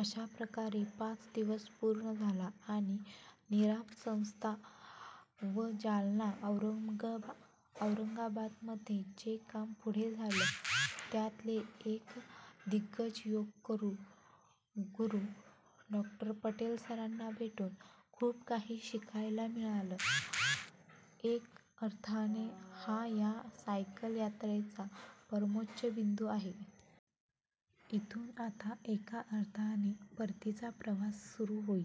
अशा प्रकारे पाचवा दिवस पूर्ण झाला आणि निरामय संस्था व जालना- औरंगाबादमध्ये जे काम पुढे झालं, त्यातले एक दिग्गज योग गुरू डॉ. पटेल सरांना भेटून खूप काही शिकायला मिळालं. एका अर्थाने हा ह्या सायकल यात्रेचा परमोच्च बिंदू आहे. इथून आता एका अर्थाने परतीचा प्रवास सुरू होईल.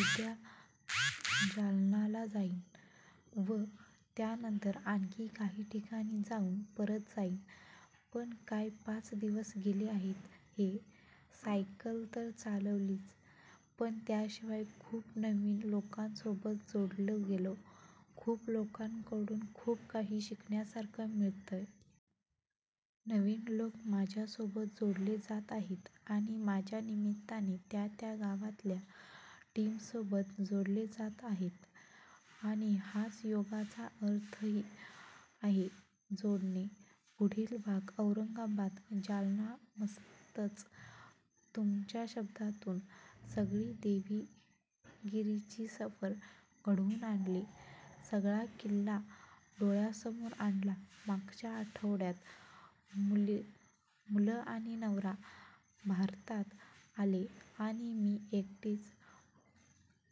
उद्या जालनाला जाईन व त्यानंतर आणखी काही ठिकाणी जाऊन परत जाईन. पण काय पाच दिवस गेले आहेत हे! सायकल तर चालवलीच, पण त्याशिवाय खूप नवीन लोकांसोबत जोडला गेलो; खूप लोकांकडून खूप काही शिकण्यासारखं मिळतंय. नवीन लोक माझ्यासोबत जोडले जात आहेत आणि माझ्या निमित्ताने त्या त्या गावातल्या टीमसोबत जोडले जात आहेत! आणि हाच योगाचा अर्थही आहे- जोडणे! पुढील भाग: औरंगाबाद- जालनामस्तच! तुमच्या शब्दातून सगळी देविगिरी ची सफर घडवून आणली सगळा किल्ला डोळ्यासमोर आणला मागच्या आठवड्यात मुलं आणि नवरा भारतात आले आणि मी एकटीच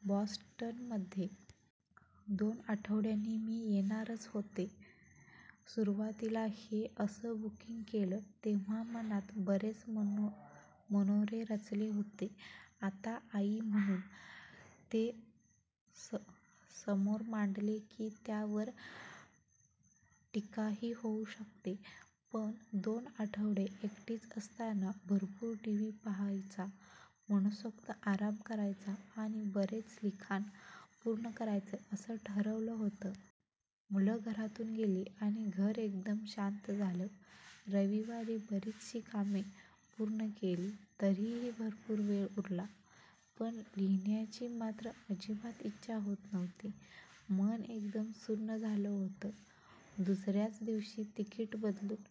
बॉस्टनमध्ये. दोन आठवड्यानी मी येणारच होते. सुरुवातीला हे असं बुकींग केलं तेंव्हा मनात बरेच मनोरे रचले होते. आता 'आई' म्हणून ते समोर मांडले की त्यावर टीकाही होऊ शकते पण दोन आठवडे एकटीच असताना भरपूर टीव्ही पाहायचा, मनोसक्त आराम करायचा आणि बरेच लिखाण पूर्ण करायचे असं ठरवलं होतं. मुलं घरातून गेली आणि घर एकदम शांत झालं. रविवारी बरीचशी कामे पूर्ण केली. तरीही भरपूर वेळ उरला. पण लिहिण्याची मात्र अजिबात इच्छा होत नव्हती. मन एकदम सुन्न झालं होतं. तिसऱ्याच दिवशी तिकीट बदलून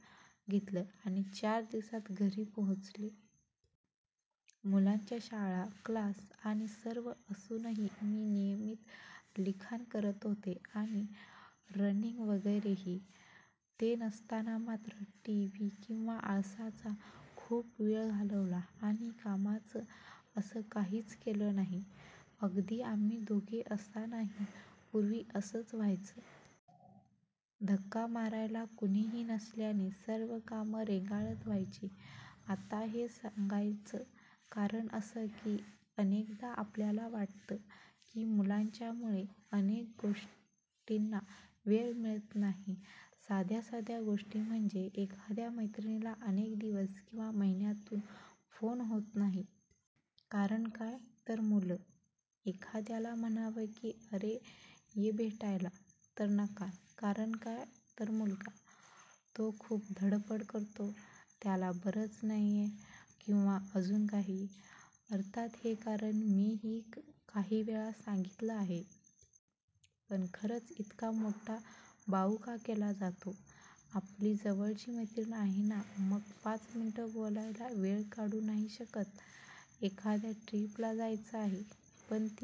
घेतलं आणि चार दिवसांत घरी पोचले. मुलांच्या शाळा, क्लास आणि सर्व असूनही मी नियमित लिखाण करत होते आणि रनिंग वगैरेही. ते नसताना मात्र टीव्ही किंवा आळसात खूप वेळ घालवला आणि कामाचं असं काहीच केलं नाही. अगदी आम्ही दोघे असतानाही पूर्वी असंच व्हायचं. धक्का मारायला कुणीही नसल्याने सर्व कामं रेंगाळत व्हायची. आता हे सांगायचं कारण असं की अनेकदा आपल्याला वाटतं की मुलांच्या मुळे अनेक गोष्टींना वेळ मिळत नाही. साध्या साध्या गोष्टी म्हणजे, एखाद्या मैत्रिणीला अनेक दिवस किंवा महिन्यांत फोन होत नाही. कारण काय? तर मुलं! एखाद्याला म्हणावं की 'अरे ये भेटायला' तर नकार, कारण काय तर, मुलगा. तो खूप धडपड करतो, त्याला बरंच नाहीये किंवा अजून काही. अर्थात हे कारण मीही काही वेळा सांगितलं आहे. पण खरंच इतका मोठा बाऊ का केला जातो? आपली जवळची मैत्रीण आहे ना? मग पाच मिनिट बोलायला वेळ काढू नाही शकत? एखाद्या ट्रिप ला जायचं आहे. पण ती